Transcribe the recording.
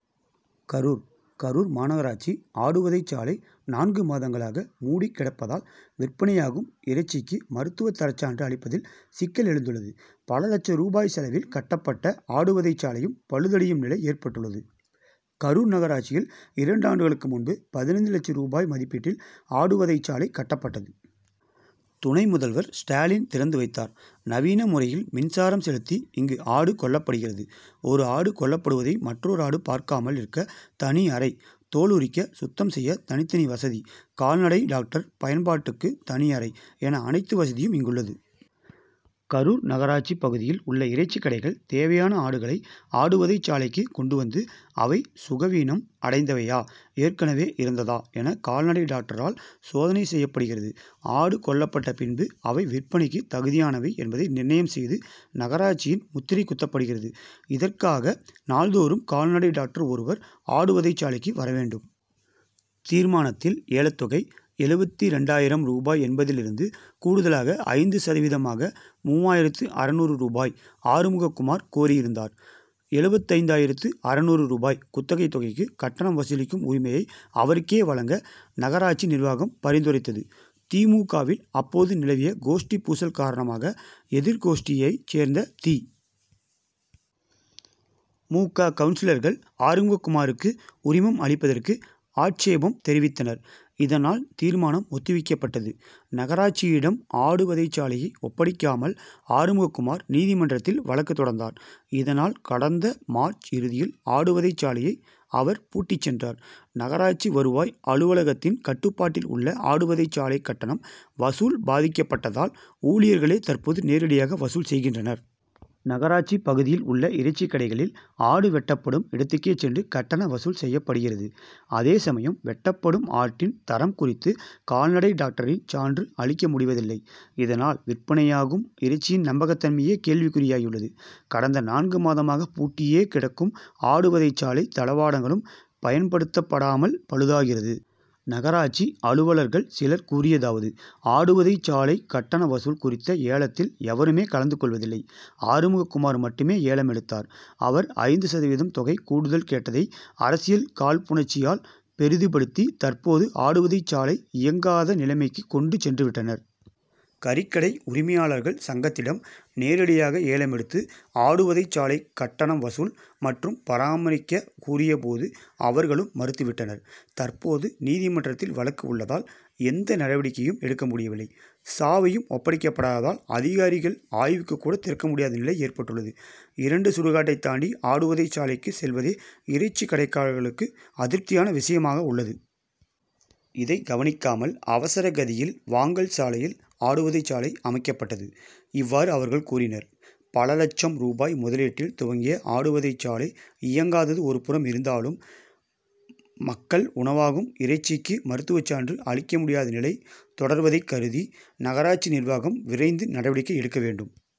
கரூர் கரூர் மாநகராட்சி ஆடு வதைச்சாலை நான்கு மாதங்களாக மூடிக்கிடப்பதால், விற்பனையாகும் இறைச்சிக்கு மருத்துவ தரச்சான்று அளிப்பதில் சிக்கல் எழுந்துள்ளது. பல லட்ச ரூபாய் செலவில் கட்டப்பட்ட ஆடு வதைச்சாலையும் பழுதடையும் நிலை ஏற்பட்டுள்ளது. கரூர் நகராட்சியில் இரண்டு ஆண்டுகளுக்கு முன்பு பதினைந்து லட்சம் ரூபாய் மதிப்பீட்டில் ஆடுவதைச்சாலை கட்டப்பட்டது. துணை முதல்வர் ஸ்டாலின் திறந்து வைத்தார். நவீன முறையில் மின்சாரம் செலுத்தி இங்கு ஆடு கொல்லப்படுகிறது. ஒரு ஆடு கொல்லப்படுவதை மற்றொரு ஆடு பார்க்காமல் இருக்க தனி அறை, தோல் உரிக்க, சுத்தம் செய்ய தனித்தனி வசதி, கால்நடை டாக்டர் பயன்பாட்டுக்கு தனி அறை என அனைத்து வசதியும் இங்குள்ளது. கரூர் நகராட்சி பகுதியில் உள்ள இறைச்சி கடைகள் தேவையான ஆடுகளை, ஆடுவதைச்சாலைக்கு கொண்டுவந்து, அவை, சுகவீனம் அடைந்தவையா? ஏற்கனவே இறந்ததா? என, கால்நடை டாக்டரால் சோதனை செய்யப்படுகிறது. ஆடு கொல்லப்பட்ட பின்பு, அவை விற்பனைக்கு தகுதியானவை என்பதை நிர்ணயம் செய்து நகராட்சியின் முத்திரை குத்தப்படுகிறது. இதற்காக, நாள்தோறும் கால்நடை டாக்டர் ஒருவர், ஆடு வதைச்சாலைக்கு வரவேண்டும். தீர்மானத்தில் ஏலத்தொகை எழுபத்திரெண்டாயிரம் ரூபாய் என்பதில் இருந்து, கூடுதலாக ஐந்து சதவீதமாக மூவாயிரத்து அறநூறு ரூபாய் ஆறுமுகக்குமார் கோரியிருந்தார். எழுபத்தைந்தாயிரத்து அறநூறு ரூபாய் குத்தகை தொகைக்கு, கட்டணம் வசூலிக்கும் உரிமையை அவருக்கே வழங்க நகராட்சி நிர்வாகம் பரிந்துரைத்தது. தி. மு. க.,வில் அப்போது நிலவிய கோஷ்டி பூசல் காரணமாக, எதிர்கோஷ்டியை சேர்ந்த தி. மு. க., கவுன்சிலர்கள் ஆறுமுகக்குமாருக்கு உரிமம் அளிப்பதற்கு ஆட்சேபம் தெரிவித்தனர். இதனால் தீர்மானம் ஒத்திவைக்கப்பட்டது. நகராட்சியிடம் ஆடு வதைச்சாலையை ஒப்படைக்காமல், ஆறுமுகக்குமார் நீதிமன்றத்தில் வழக்கு தொடர்ந்தார். இதனால், கடந்த மார்ச் இறுதியில் ஆடு வதைச்சாலையை அவர் பூட்டிச் சென்றார். நகராட்சி வருவாய் அலுவலகத்தின் கட்டுப்பாட்டில் உள்ள ஆடு வதைச்சாலை கட்டணம் வசூல் பாதிக்கப்பட்டதால், ஊ ழியர்களே தற்போது நேரடியாக வசூல் செய்கின்றனர். நகராட்சி பகுதியில் உள்ள இறைச்சி கடைகளில், ஆடு வெட்டப்படும் இடத்துக்கேச் சென்று கட்டண வசூல் செய்யப்படுகிறது. அதே சமயம், வெட்டப்படும் ஆட்டின் தரம் குறித்து கால்நடை டாக்டரின் சான்று அளிக்கமுடிவதில்லை. இதனால், விற்பனையாகும் இறைச்சியின் நம்பகத்தன்மையே கேள்விக்குறியாகியுள்ளது. கடந்த நான்கு மாதமாக பூட்டியே கிடக்கும் ஆடு வதைச்சாலை தளவாடங்களும் பயன்படுத்தப்படாமல் பழுதாகிறது. நகராட்சி அலுவலர்கள் சிலர் கூறியதாவது ஆடுவதை சாலை கட்டண வசூல் குறித்த ஏலத்தில் எவருமே கலந்து கொள்வதில்லை. ஆறுமுகக்குமார் மட்டுமே ஏலம் எடுத்தார். அவர் ஐந்து சதவீதம் தொகை கூடுதல் கேட்டதை, அரசியல் காழ்ப்புணர்ச்சியால் பெரிதுபடுத்தி, தற்போது ஆடுவதை சாலை இயங்காத நிலைமைக்கு கொண்டு சென்றுவிட்டனர். கறிக்கடை உரிமையாளர்கள் சங்கத்திடம், நேரடியாக ஏலம் எடுத்து ஆடு வதைச்சாலை கட்டணம் வசூல் மற்றும் பராமரிக்க கூறியபோது அவர்களும் மறுத்துவிட்டனர். தற்போது, நீதிமன்றத்தில் வழக்கு உள்ளதால் எந்த நடவடிக்கையும் எடுக்க முடியவில்லை. சாவியும் ஒப்படைக்கப்படாததால், அதிகாரிகள் ஆய்வுக்குக்கூட திறக்க முடியாத நிலை ஏற்பட்டுள்ளது. இரண்டு சுடுகாட்டை தாண்டி ஆடுவதை சாலைக்கு செல்வதே இறைச்சி கடைக்காரர்களுக்கு அதிருப்தியான விஷயமாக உள்ளது. இதை கவனிக்காமல், அவசர கதியில் வாங்கல் சாலையில் ஆடுவதைச்சாலை அமைக்கப்பட்டது. இவ்வாறு அவர்கள் கூறினர். பல லட்சம் ரூபாய் முதலீட்டில் துவங்கிய ஆடு வதைச்சாலை இயங்காதது ஒருபுறம் இருந்தாலும், மக்கள் உணவாகும் இறைச்சிக்கு மருத்துவச்சான்று அளிக்க முடியாதநிலை தொடர்வதை கருதி, நகராட்சி நிர்வாகம் விரைந்து நடவடிக்கை எடுக்க வேண்டும்.